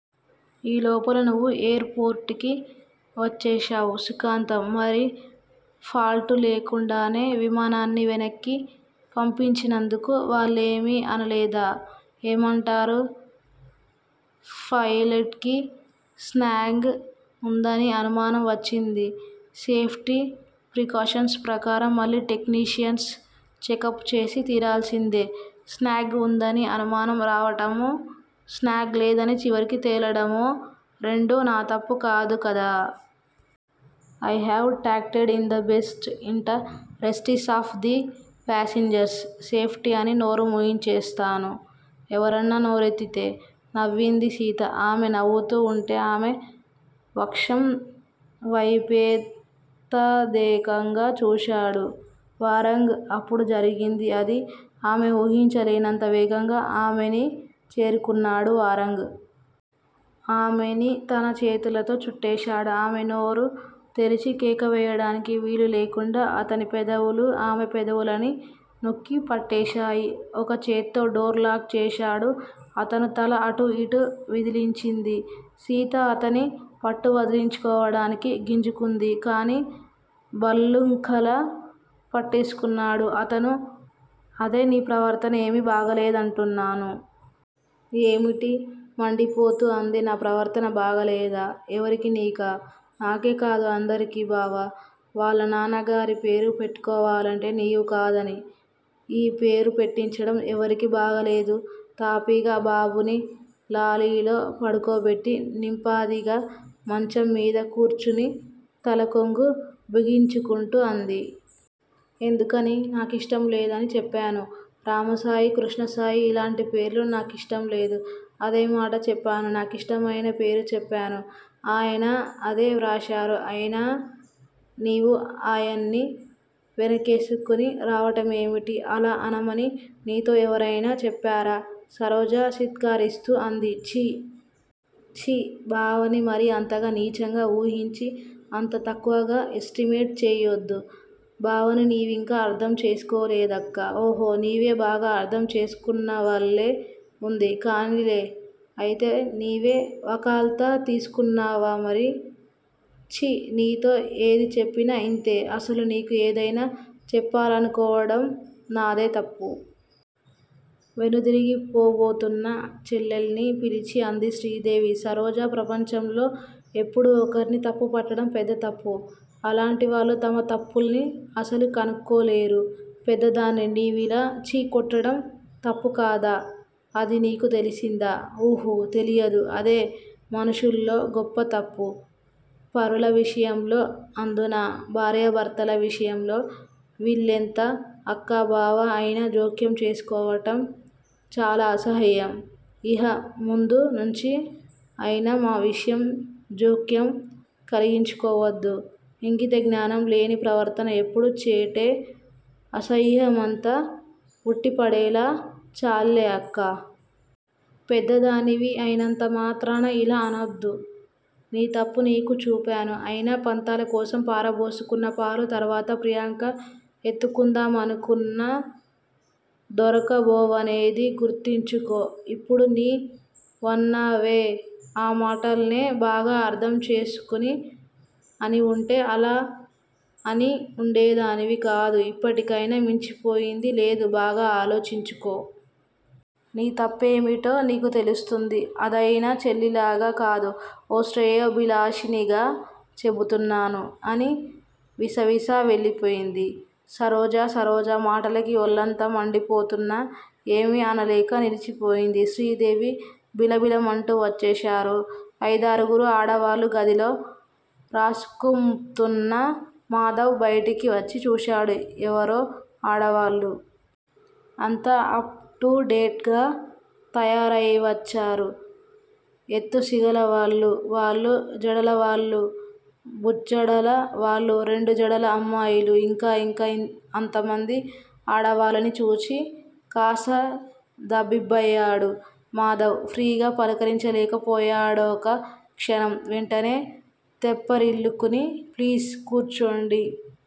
ఈ లోపల నువ్వు ఎయిర్ పోర్టుకి వచ్చేశావ్. సుఖాంతం! మరి ఫాల్టు లేకుండానే విమానాన్ని వెనక్కి పంపించినందుకు వాళ్ళేమీ అనలేదా? ఏమంటారు! ఫైలట్ కి స్నాగ్ ఉందని అనుమానం వచ్చింది. సేఫ్టీ ప్రికాషన్స్ ప్రకారం మళ్ళీ టెక్నీషియన్స్ చెకప్ చేసి తీరాల్సిందే! స్నాగ్ వుందని అనుమానం రావటమూ, స్నాగ్ లేదని చివరికి తేలడమూ రెండూ నా తప్పు కాదు కదా! 'I have acted in the best interests of the passengers safety! అని నోరుమూయించేస్తాను ఎవరన్నా నోరెత్తితే! నవ్వింది సీత. ఆమె నవ్వుతూ వుంటే ఆమె వక్షంవైపేతదేకంగా చూశాడు వారంగ్. అప్పుడు జరిగింది అది. ఆమె ఊహించలేనంత వేగంగా ఆమెని చేరుకున్నాడు వారంగ్. ఆమెని తన చేతులతో చుట్టేశాడు. ఆమె నోరు తెరిచి కేకవెయ్యడానికి వీలులేకుండా అతనిపెదవులు ఆమె పెదవులని నొక్కిపట్టేశాయి! ఒక చేత్తో డోర్ లాక్ చేశాడు అతను. తల అటూ ఇటూ విదిలించింది సీత. అతని పట్టువదిలించుకోవడానికి గింజుకుంది. కానీ భల్లూముకలా పట్టేసుకున్నాడు అతను. అదే నీ ప్రవర్తన ఏమి బాగా లేదంటున్నాను? ఏమిటి! మండిపోతూ అంది. నా ప్రవర్తన బాగాలేదా? ఎవరికి నీకా? నాకే కాదు. అందరికి, బావ వాళ్ళనాన్నగారి పేరు పెట్టుకోవాలంటే నీవు కాదని యీ పేరు పెట్టించడం ఎవరికి బాగాలేదు. తాపిగా బాబుని లాలిలో పడుకోబెట్టి నింపాదిగా మంచం మీద కూర్చుని తల కొంగు బిగించుకుంటూ అంది. ఎందుకని? నా కిష్టం లేదని చెప్పాను. రామసాయి, కృష్ణసాయి. ఇలాంటి పేర్లు నా కిష్టం లేదు. అదేమాట చెప్పాను. నాకిష్టమయిన పేరు చెప్పాను. ఆయన అదే వ్రాశారు. అయినా నీవు ఆయన్ని వెనకేసుకుని రావటమేమిటి? అలా అనమని నీతో ఎవరైనా చెప్పారా? సరోజ చిత్కారిస్తూ అంది ఛి! చీ! బావని మరీ అంతగా నీచంగా వూహించి అంత తక్కువగా ఎస్టిమేట్ చెయ్యొద్దు. బావని నివింకా అర్ధం చేసుకోలేదక్కా! ఒహొ నీవే బాగా అర్ధం చేసుకున్నవల్లె వుంది! కానిలే! అయితే నీవే వకాల్తా తీసుకున్నావామరి? ఛి! నీతో ఏది చెప్పినా ఇంతే. అసలు నీకు ఏదైనా చెప్పాలనుకోవటం నాదే తప్పు. వెనుదిరిగిపోబోతున్న చెల్లెల్ని పిలిచి అంది శ్రీదేవి. సరోజా! ప్రపంచంలో ఎప్పుడూ ఒకర్ని తప్పు పట్టటం పెద్ద తప్పు. అలాంటివాళ్ళు తమ తప్పుల్ని అసలు కనుక్కోలేరు. పెద్దదాన్ని నీవిలా చీ కొట్టటం తప్పు కాదా? అది నీకు తెలిసిందా? ఉహు! తెలియదు. అదే మనుషుల్లో గొప్ప తప్పు, పరుల విషయంలో అందునా భార్యాభర్తల విషయంలో వీళ్ళెంత అక్కా బావా అయినా జోక్యం చేసుకోవటం చాలా అసహ్యం, ఇహ ముందు నుంచి అయినా మా విషయం జోక్యం కలిగించుకోవద్దు, ఇంగితజ్ఞానం లేని ప్రవర్తన ఎప్పుడూ చేటే అసహ్యమంతా వుట్టిపడేలా చాల్లే అక్కా! పెద్దదానివి అయినంత మాత్రాన యిలా అనొద్దు. నీ తప్పు నీకు చూపాను. అయినా పంతాలకోసం పారబోసుకున్నపాలు తర్వాత ప్రియంక ఎత్తుకుందామనుకొన్నా దొరకబోవనేది గుర్తుంచుకో, ఇప్పుడు నీ వన్నావే! ఆ మాటల్నే బాగా అర్ధం చేసుకుని అని వుంటే అలా అని వుండేదానివి కాదు. ఇప్పటికయినా మించిపోయింది లేదు బాగా ఆలోచించుకో. నీ తప్పేమిటో నీకు తెలుస్తుంది. అదయినా చెల్లిలిగా కాదు. ఓ శ్రేయోభిలాషిణిగా చెపుతున్నాను? అని విసవిసా వెళ్ళిపోయింది సరోజ! సరోజ మాటలకి ఒళ్ళంతా మండిపోతున్నా ఏమి అనలేక నిలిచిపోయింది శ్రీదేవి. బిలబిలమంటూ వచ్చేశారు అయిదారుగురు ఆడవాళ్ళు. గదిలో రాసుకుమ్తున్న మాధవ్ బయటికి వచ్చి చూశాడు. ఎవరో ఆడవాళ్లు! అంతా అప్ టు డేట్ గా తయారైవచ్చారు. ఎత్తుసిగలవాళ్ళు, వాలు జడలవాళ్ళు, బుచ్చడల వాళ్ళు రెండు జడల అమ్మాయిలు. ఇంకా ఇంకా అంతమంది ఆడవాళ్ళని చూచి కాస్త తబ్బిబ్బయ్యాడు మాధవ్, ఫ్రీగా పలకరించలేకపోయాడొక క్షణం. వెంటనే తెప్పరిల్లుకుని ప్లీజ్ కూర్చోండి.